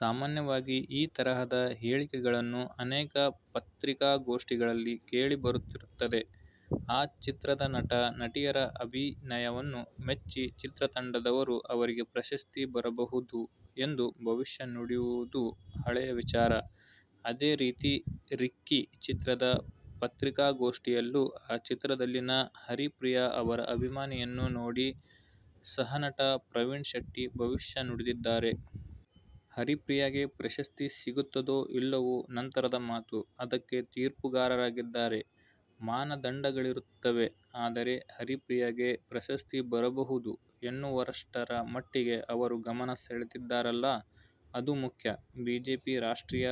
ಸಾಮಾನ್ಯವಾಗಿ ಈ ತರಹದ ಹೇಳಿಕೆಗಳು ಅನೇಕ ಪತ್ರಿಕಾಗೋಷ್ಠಿಗಳಲ್ಲಿ ಕೆಳಿ ಬರುತ್ತಿರುತ್ತದೆ. ಆ ಚಿತ್ರದ ನಟ, ನಟಿಯರ ಅಭಿನಯವನ್ನು ಮೆಚ್ಚಿ ಚಿತ್ರತಂಡದವರು, ಅವರಿಗೆ ಪ್ರಶಸ್ತಿ ಬರಬಹುದು ಎಂದು ಭವಿಷ್ಯ ನುಡಿಯುವುದು ಹಳೆಯ ವಿಚಾರ. ಅದೇ ರೀತಿ, "ರಿಕ್ಕಿ' ಚಿತ್ರದ ಪತ್ರಿಕಾಗೋಷ್ಠಿಯಲ್ಲೂ, ಆ ಚಿತ್ರದಲ್ಲಿನ ಹರಿಪ್ರಿಯಾ ಅವರ ಅಭಿನಯವನ್ನು ನೋಡಿ ಸಹನಟ ಪ್ರವೀಣ್ ಶೆಟ್ಟಿ ಭವಿಷ್ಯ ನುಡಿದಿದ್ದಾರೆ. ಹರಿಪ್ರಿಯಾಗೆ ಪ್ರಶಸ್ತಿ ಸಿಗುತ್ತದೋ ಇಲ್ಲವೋ ನಂತರದ ಮಾತು. ಅದಕ್ಕೆ ತೀರ್ಪುಗಾರರಿದ್ದಾರೆ, ಮಾನದಂಡಗಳಿರುತ್ತವೆ. ಆದರೆ, ಹರಿಪ್ರಿಯಾಗೆ ಪ್ರಶಸ್ತಿ ಬರಬಹುದು ಎನ್ನುವಷ್ಟರ ಮಟ್ಟಿಗೆ ಅವರು ಗಮನ ಸೆಳೆದಿದ್ದಾರಲ್ಲ. ಅದು ಮುಖ್ಯ. ಬಿಜೆಪಿ ರಾಷ್ಟ್ರೀಯ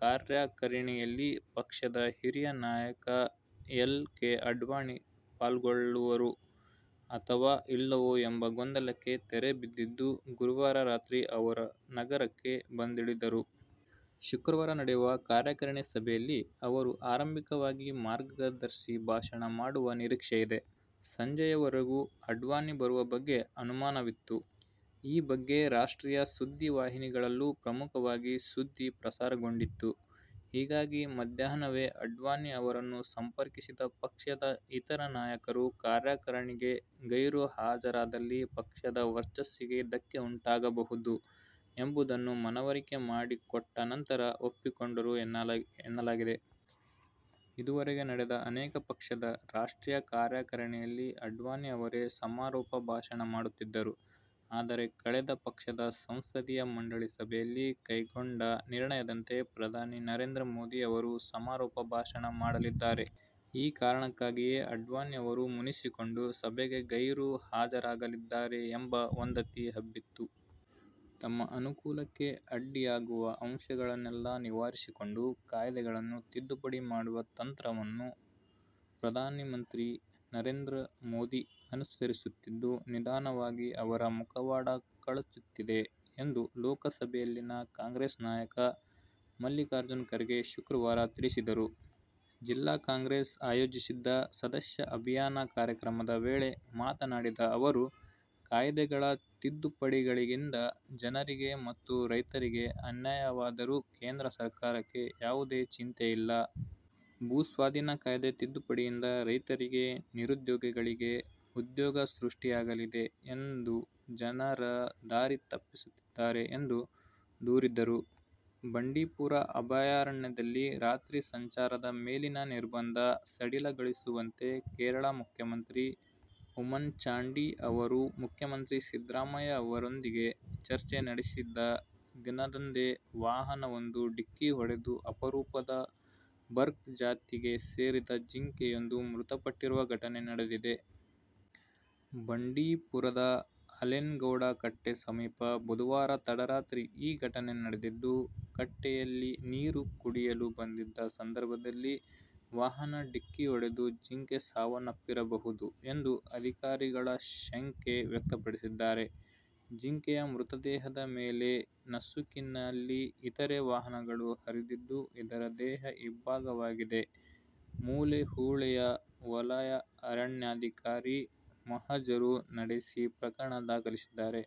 ಕಾರ್ಯಕಾರಿಣಿಯಲ್ಲಿ ಪಕ್ಷದ ಹಿರಿಯ ನಾಯಕ ಎಲ್. ಕೆ. ಅಡ್ವಾಣಿ ಪಾಲ್ಗೊಳ್ಳುವರೋ ಅಥವಾ ಇಲ್ಲವೋ ಎಂಬ ಗೊಂದಲಕ್ಕೆ ತೆರೆ ಬಿದ್ದಿದ್ದು, ಗುರುವಾರ ರಾತ್ರಿ ಅವರು ನಗರಕ್ಕೆ ಬಂದಿಳಿದರು. ಶುಕ್ರವಾರ ನಡೆಯುವ ಕಾರ್ಯಕಾರಿಣಿ ಸಭೆಯಲ್ಲಿ ಅವರು ಆರಂಭಿಕವಾಗಿ ಮಾರ್ಗದರ್ಶಿ ಭಾಷಣ ಮಾಡುವ ನಿರೀಕ್ಷೆಯಿದೆ. ಸಂಜೆವರೆಗೂ ಅಡ್ವಾಣಿ ಬರುವ ಬಗ್ಗೆ ಅನುಮಾನವಿತ್ತು. ಈ ಬಗ್ಗೆ ರಾಷ್ಟ್ರೀಯ ಸುದ್ದಿವಾಹಿನಿಗಳಲ್ಲೂ ಪ್ರಮುಖವಾಗಿ ಸುದ್ದಿ ಪ್ರಸಾರಗೊಂಡಿತ್ತು. ಹೀಗಾಗಿ ಮಧ್ಯಾಹ್ನವೇ ಅಡ್ವಾಣಿ ಅವರನ್ನು ಸಂಪರ್ಕಿಸಿದ ಪಕ್ಷದ ಇತರ ನಾಯಕರು ಕಾರ್ಯಕಾರಿಣಿಗೆ ಗೈರು ಹಾಜರಾದಲ್ಲಿ ಪಕ್ಷದ ವರ್ಚಸ್ಸಿಗೆ ಧಕ್ಕೆ ಉಂಟಾಗಬಹುದು ಎಂಬುದನ್ನು ಮನವರಿಕೆ ಮಾಡಿಕೊಟ್ಟ ನಂತರ ಒಪ್ಪಿಕೊಂಡರು ಎನ್ನಲಾಗಿದೆ. ಇದುವರೆಗೆ ನಡೆದ ಅನೇಕ ಪಕ್ಷದ ರಾಷ್ಟ್ರೀಯ ಕಾರ್ಯಕಾರಿಣಿಯಲ್ಲಿ ಅಡ್ವಾಣಿ ಅವರೇ ಸಮಾರೋಪ ಭಾಷಣ ಮಾಡುತ್ತಿದ್ದರು. ಆದರೆ, ಕಳೆದ ಪಕ್ಷದ ಸಂಸದೀಯ ಮಂಡಳಿ ಸಭೆಯಲ್ಲಿ ಕೈಗೊಂಡ ನಿರ್ಣಯದಂತೆ ಪ್ರಧಾನಿ ನರೇಂದ್ರ ಮೋದಿ ಅವರು ಸಮಾರೋಪ ಭಾಷಣ ಮಾಡಲಿದ್ದಾರೆ. ಈ ಕಾರಣಕ್ಕಾಗಿಯೇ ಅಡ್ವಾಣಿ ಅವರು ಮುನಿಸಿಕೊಂಡು ಸಭೆಗೆ ಗೈರು ಹಾಜರಾಗಲಿದ್ದಾರೆ ಎಂಬ ವದಂತಿ ಹಬ್ಬಿತ್ತು. ತಮ್ಮ ಅನುಕೂಲಕ್ಕೆ ಅಡ್ಡಿಯಾಗುವ ಅಂಶಗಳನ್ನೆಲ್ಲಾ ನಿವಾರಿಸಿಕೊಂಡು ಕಾಯ್ದೆಗಳನ್ನು ತಿದ್ದುಪಡಿ ಮಾಡುವ ತಂತ್ರವನ್ನು ಪ್ರಧಾನಮಂತ್ರಿ ನರೇಂದ್ರಮೋದಿ ಅನುಸರಿಸುತ್ತಿದ್ದು, ನಿಧಾನವಾಗಿ ಅವರ ಮುಖವಾಡ ಕಳಚುತ್ತಿದೆ ಎಂದು ಲೋಕಸಭೆಯಲ್ಲಿನ ಕಾಂಗ್ರೆಸ್ ನಾಯಕ ಮಲ್ಲಿಕಾರ್ಜುನ ಖರ್ಗೆ ಶುಕ್ರವಾರ ತಿಳಿಸಿದರು. ಜಿಲ್ಲಾ ಕಾಂಗ್ರೆಸ್ ಆಯೋಜಿಸಿದ್ದ ಸದಸ್ಯ ಅಭಿಯಾನ ಕಾರ್ಯಕ್ರಮದ ವೇಳೆ ಮಾತನಾಡಿದ ಅವರು, ಕಾಯ್ದೆಗಳ ತಿದ್ದುಪಡಿಗಳಿಂದ ಜನರಿಗೆ ಮತ್ತು ರೈತರಿಗೆ ಅನ್ಯಾಯವಾದರೂ ಕೇಂದ್ರ ಸರ್ಕಾರಕ್ಕೆ ಯಾವುದೇ ಚಿಂತೆಯಿಲ್ಲ. ಭೂಸ್ವಾಧೀನ ಕಾಯ್ದೆ ತಿದ್ದುಪಡಿಯಿಂದ ರೈತರಿಗೆ, ನಿರುದ್ಯೋಗಿಗಳಿಗೆ ಉದ್ಯೋಗ ಸೃಷ್ಟಿಯಾಗಲಿದೆ ಎಂದು ಜನರ ದಾರಿ ತಪ್ಪಿಸುತ್ತಿದ್ದಾರೆ ಎಂದು ದೂರಿದರು. ಬಂಡೀಪುರ ಅಭಯಾರಣ್ಯದಲ್ಲಿ ರಾತ್ರಿ ಸಂಚಾರದ ಮೇಲಿನ ನಿರ್ಬಂಧ ಸಡಿಲಗೊಳಿಸುವಂತೆ ಕೇರಳ ಮುಖ್ಯಮಂತ್ರಿ ಉಮನ್ಚಾಂಡಿ ಅವರು ಮುಖ್ಯಮಂತ್ರಿ ಸಿದ್ದರಾಮಯ್ಯ ಅವರೊಂದಿಗೆ ಚರ್ಚೆ ನಡೆಸಿದ ದಿನದಂದೇ ವಾಹನವೊಂದು ಡಿಕ್ಕಿ ಹೊಡೆದು ಅಪರೂಪದ ಬರ್ಕ್ ಜಾತಿಗೆ ಸೇರಿದ ಜಿಂಕೆಯೊಂದು ಮೃತಪಟ್ಟಿರುವ ಘಟನೆ ನಡೆದಿದೆ. ಬಂಡೀಪುರದ ಆಲೇಗೌಡನ ಕಟ್ಟೆ ಸಮೀಪ ಬುಧವಾರ ತಡರಾತ್ರಿ ಈ ಘಟನೆ ನಡೆದಿದ್ದು, ಕಟ್ಟೆಯಲ್ಲಿ ನೀರು ಕುಡಿಯಲು ಬಂದಿದ್ದ ಸಂದರ್ಭದಲ್ಲಿ ವಾಹನ ಡಿಕ್ಕಿಯೊಡೆದು ಜಿಂಕೆ ಸಾವನ್ನಪ್ಪಿರಬಹುದು ಎಂದು ಅಧಿಕಾರಿಗಳು ಶಂಕೆ ವ್ಯಕ್ತಪಡಿಸಿದ್ದಾರೆ. ಜಿಂಕೆಯ ಮೃತದೇಹದ ಮೇಲೆ ನಸುಕಿನಲ್ಲಿ ಇತರೆ ವಾಹನಗಳು ಹರಿದಿದ್ದು, ಅದರ ದೇಹ ಇಬ್ಭಾಗವಾಗಿದೆ. ಮೂಲೆಹೊಳೆಯ ವಲಯಾರಣ್ಯಾಧಿಕಾರಿ ಮಹಜರು ನಡೆಸಿ ಪ್ರಕರಣ ದಾಖಲಿಸಿದ್ದಾರೆ.